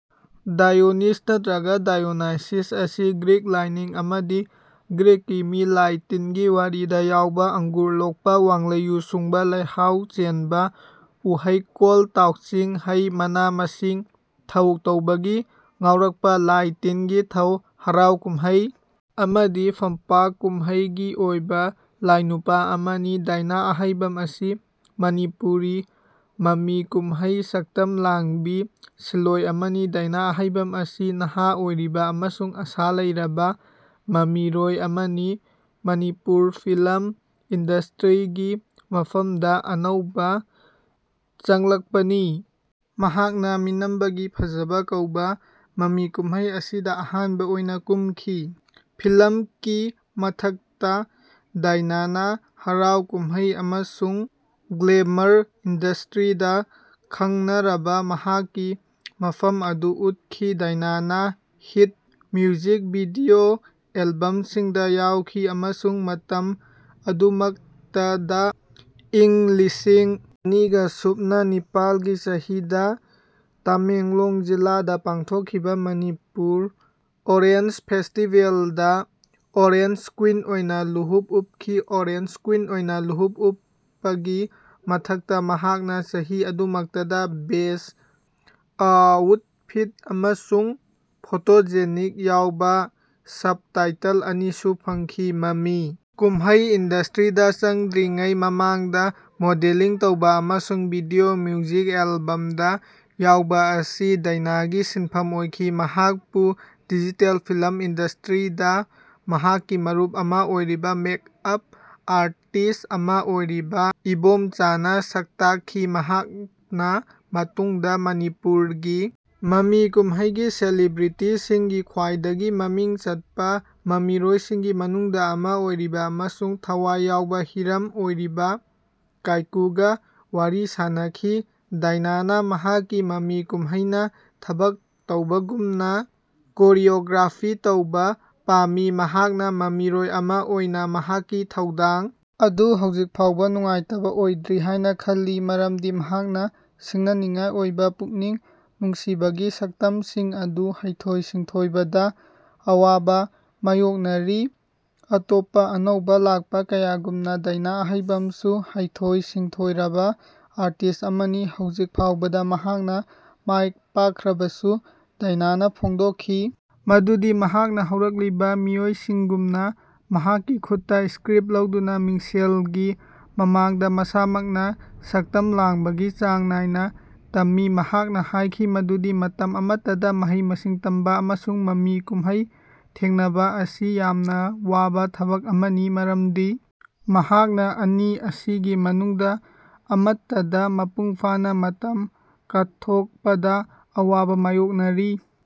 Dionysus ꯅꯠꯇ꯭ꯔꯒ diagnosis ꯑꯁꯤ Greek ꯂꯥꯢꯅꯤꯡ ꯑꯃꯗꯤ ꯒ꯭ꯔꯤꯛꯀꯤ ꯃꯤ ꯂꯥꯢ ꯇꯤꯟꯒꯤ ꯋꯥꯔꯤꯗ ꯌꯥꯎꯕ ꯑꯪꯒꯨꯔ ꯂꯣꯛꯄ, ꯋꯥꯡꯂꯩ ꯌꯨ ꯁꯨꯡꯕ, ꯂꯩꯍꯥꯎ ꯆꯦꯟꯕ, ꯎꯍꯩꯀꯣꯜ, ꯇꯥꯎꯆꯤꯡ ꯍꯩ, ꯃꯅꯥ ꯃꯁꯤꯡ, ꯊꯧ ꯇꯧꯕꯒꯤ ꯉꯥꯎꯔꯛꯄ, ꯂꯥꯢ ꯇꯤꯟꯒꯤ ꯊꯧ, ꯍꯔꯥꯎ ꯀꯨꯝꯍꯩ ꯑꯃꯗꯤ ꯐꯝꯄꯥꯛ ꯀꯨꯝꯍꯩ ꯒꯤ ꯑꯣꯢꯕ ꯂꯥꯢꯅꯨꯄꯥ ꯑꯃꯅꯤ꯫ ꯗꯥꯏꯅꯥ ꯑꯍꯩꯕꯝ ꯑꯁꯤ ꯃꯅꯤꯄꯨꯔꯤ ꯃꯃꯤ ꯀꯨꯝꯍꯩ ꯁꯛꯇꯝ ꯂꯥꯡꯕꯤ ꯁꯤꯟꯂꯣꯏ ꯑꯃꯅꯤ꯫ ꯗꯥꯏꯅꯥ ꯑꯍꯩꯕꯝ ꯑꯁꯤ ꯅꯍꯥ ꯑꯣꯏꯔꯤꯕ ꯑꯃꯁꯨꯡ ꯑꯥꯁꯥ ꯂꯩꯔꯕ ꯃꯃꯤꯔꯣꯏ ꯑꯃꯅꯤ, ꯃꯅꯤꯄꯨꯔ ꯐꯤꯂꯝ ꯏꯟꯗꯁꯇ꯭ꯔꯤꯒꯤ ꯃꯐꯝꯗ ꯑꯅꯧꯕ ꯆꯪꯂꯛꯄꯅꯤ꯫ ꯃꯍꯥꯛꯅ "ꯃꯤꯅꯝꯕꯒꯤ ꯐꯥꯖꯥꯕ" ꯀꯧꯕ ꯃꯃꯤ ꯀꯨꯝꯍꯩ ꯑꯁꯤꯗ ꯑꯍꯥꯟꯕ ꯑꯣꯏꯅ ꯀꯨꯝꯈꯤ꯫ ꯐꯤꯂꯝꯀꯤ ꯃꯊꯛꯇ ꯗꯥꯏꯅꯥꯅ ꯍꯔꯥꯎ-ꯀꯨꯝꯍꯩ ꯑꯃꯁꯨꯡ ꯒ꯭ꯂꯦꯃꯔ ꯏꯟꯗꯁꯇ꯭ꯔꯤꯗ ꯈꯪꯅꯔꯕ ꯃꯍꯥꯛꯀꯤ ꯃꯐꯝ ꯑꯗꯨ ꯎꯠꯈꯤ꯫ ꯗꯥꯏꯅꯥꯅ ꯍꯤꯠ ꯃ꯭ꯌꯨꯖꯤꯛ ꯚꯤꯗꯤꯑꯣ ꯑꯦꯜꯕꯝꯁꯤꯡꯗ ꯌꯥꯎꯈꯤ ꯑꯃꯁꯨꯡ ꯃꯇꯝ ꯑꯗꯨꯃꯛꯇꯗ ꯏꯪ ꯂꯤꯁꯤꯡ ꯑꯅꯤꯒꯥ ꯁꯨꯞꯅꯥ ꯅꯤꯄꯥꯜꯒꯤ ꯆꯍꯤꯗ ꯇꯥꯃꯦꯡꯂꯣꯡ ꯖꯤꯂꯥꯗ ꯄꯥꯡꯊꯣꯛꯈꯤꯕ ꯃꯅꯤꯄꯨꯔ ꯑꯣꯔꯦꯟꯖ ꯐꯦꯁꯇꯤꯕꯦꯜꯗ ꯑꯣꯔꯦꯟꯖ ꯀ꯭ꯋꯤꯟ ꯑꯣꯏꯅ ꯂꯨꯍꯨꯞ ꯎꯞꯈꯤ꯫ ꯑꯣꯔꯦꯟꯖ ꯀ꯭ꯋꯤꯟ ꯑꯣꯏꯅ ꯂꯨꯍꯨꯞ ꯎꯞꯄꯒꯤ ꯃꯊꯛꯇ, ꯃꯍꯥꯛꯅ ꯆꯍꯤ ꯑꯗꯨꯃꯛꯇꯗ ꯕꯦꯁ ꯑꯥꯎꯠꯐꯤꯠ ꯑꯃꯁꯨꯡ ꯐꯣꯇꯣꯖꯦꯅꯤꯛ ꯌꯥꯎꯕ ꯁꯕ-ꯇꯥꯏꯇꯜ ꯑꯅꯤꯁꯨ ꯐꯪꯈꯤ꯫ ꯃꯃꯤ ꯀꯨꯝꯍꯩ ꯏꯟꯗꯁꯇ꯭ꯔꯤꯗ ꯆꯪꯗ꯭ꯔꯤꯉꯩ ꯃꯃꯥꯡꯗ ꯃꯣꯗꯦꯂꯤꯡ ꯇꯧꯕ ꯑꯃꯁꯨꯡ ꯚꯤꯗꯤꯑꯣ ꯃ꯭ꯌꯨꯖꯤꯛ ꯑꯦꯜꯕꯝꯁꯤꯡꯗ ꯌꯥꯎꯕ ꯑꯁꯤ ꯗꯥꯏꯅꯥꯒꯤ ꯁꯤꯟꯐꯝ ꯑꯣꯏꯈꯤ꯫ ꯃꯍꯥꯛꯄꯨ ꯗꯤꯖꯤꯇꯦꯜ ꯐꯤꯂꯝ ꯏꯟꯗꯁꯇ꯭ꯔꯤꯗ ꯃꯍꯥꯛꯀꯤ ꯃꯔꯨꯞ ꯑꯃ ꯑꯣꯏꯔꯤꯕ ꯃꯦꯛ ꯑꯞ ꯑꯥꯔꯇꯤꯁ꯭ꯠ ꯑꯃ ꯑꯣꯏꯔꯤꯕ ꯏꯕꯣꯝꯆꯥꯅ ꯁꯛꯇꯥꯛꯈꯤ, ꯃꯍꯥꯛꯅ ꯃꯇꯨꯡꯗ ꯃꯅꯤꯄꯨꯔꯒꯤ ꯃꯃꯤ ꯀꯨꯝꯍꯩꯒꯤ ꯁꯦꯂꯤꯕ꯭ꯔꯤꯇꯤꯁꯤꯡꯒꯤ ꯈ꯭ꯋꯥꯏꯗꯒꯤ ꯃꯃꯤꯡ ꯆꯠꯄ ꯃꯃꯤꯔꯣꯏꯁꯤꯡꯒꯤ ꯃꯅꯨꯡꯗ ꯑꯃ ꯑꯣꯏꯔꯤꯕ ꯑꯃꯁꯨꯡ ꯊꯋꯥꯏ ꯌꯥꯎꯕ ꯍꯤꯔꯝ ꯑꯣꯏꯔꯤꯕ ꯀꯥꯏꯀꯨꯒ ꯋꯥꯔꯤ ꯁꯥꯟꯅꯈꯤ꯫ ꯗꯥꯏꯅꯥꯅ ꯃꯍꯥꯛꯀꯤ ꯃꯃꯤ ꯀꯨꯝꯍꯩꯅ ꯊꯕꯛ ꯇꯧꯕꯒꯨꯝꯅ ꯀꯣꯔꯤꯌꯣꯒ꯭ꯔꯥꯐꯤ ꯇꯧꯕ ꯄꯥꯝꯃꯤ꯫ ꯃꯍꯥꯛꯅ ꯃꯃꯤꯔꯣꯏ ꯑꯃ ꯑꯣꯏꯅ ꯃꯍꯥꯛꯀꯤ ꯊꯧꯗꯥꯡ ꯑꯗꯨ ꯍꯧꯖꯤꯛ ꯐꯥꯎꯕ ꯅꯨꯡꯉꯥꯏꯇꯕ ꯑꯣꯏꯗ꯭ꯔꯤ ꯍꯥꯏꯅ ꯈꯜꯂꯤ ꯃꯔꯝꯗꯤ ꯃꯍꯥꯛꯅ ꯁꯤꯡꯅꯅꯤꯡꯉꯥꯏ ꯑꯣꯏꯕ ꯄꯨꯛꯅꯤꯡ ꯅꯨꯡꯁꯤꯕꯒꯤ ꯁꯛꯇꯝꯁꯤꯡ ꯑꯗꯨ ꯍꯩꯊꯣꯏ-ꯁꯤꯡꯊꯣꯏꯕꯗ ꯑꯋꯥꯕ ꯃꯥꯌꯣꯛꯅꯔꯤ꯫ ꯑꯇꯣꯞꯄ ꯑꯅꯧꯕ ꯂꯥꯛꯄ ꯀꯌꯥꯒꯨꯝꯅ, ꯗꯥꯏꯅꯥ ꯑꯍꯩꯕꯝꯁꯨ ꯍꯩꯊꯣꯏ-ꯁꯤꯡꯊꯣꯏꯔꯕ ꯑꯥꯔꯇꯤꯁ ꯑꯃꯅꯤ꯫ ꯍꯧꯖꯤꯛ ꯐꯥꯎꯕꯗ ꯃꯍꯥꯛꯅ ꯃꯥꯏꯄꯥꯛꯈ꯭ꯔꯕꯁꯨ, ꯗꯥꯏꯅꯥꯅ ꯐꯣꯡꯗꯣꯛꯈꯤ ꯃꯗꯨꯗꯤ ꯃꯍꯥꯛꯅ ꯍꯧꯔꯛꯂꯤꯕ ꯃꯤꯑꯣꯏꯁꯤꯡꯒꯨꯝꯅ ꯃꯍꯥꯛꯀꯤ ꯈꯨꯠꯇ ꯁ꯭ꯀ꯭ꯔꯤꯞ ꯂꯧꯗꯨꯅ ꯃꯤꯡꯁꯦꯜꯒꯤ ꯃꯃꯥꯡꯗ ꯃꯁꯥꯃꯛꯅ ꯁꯛꯇꯝ ꯂꯥꯡꯕꯒꯤ ꯆꯥꯡ ꯅꯥꯏꯅ ꯇꯝꯃꯤ꯫ ꯃꯍꯥꯛꯅ ꯍꯥꯏꯈꯤ ꯃꯗꯨꯗꯤ ꯃꯇꯝ ꯑꯃꯇꯗ ꯃꯍꯩ-ꯃꯁꯤꯡ ꯇꯝꯕ ꯑꯃꯁꯨꯡ ꯃꯃꯤ ꯀꯨꯝꯍꯩ ꯊꯦꯡꯅꯕ, ꯑꯁꯤ ꯌꯥꯝꯅ ꯋꯥꯕ ꯊꯕꯛ ꯑꯃꯅꯤ ꯃꯔꯝꯗꯤ ꯃꯍꯥꯛꯅ ꯑꯅꯤ ꯑꯁꯤꯒꯤ ꯃꯅꯨꯡꯗ ꯑꯃꯠꯇꯗ ꯃꯄꯨꯡ ꯐꯥꯅ ꯃꯇꯝ ꯀꯠꯊꯣꯛꯄꯗ ꯑꯋꯥꯕ ꯃꯥꯌꯣꯛꯅꯔꯤ꯫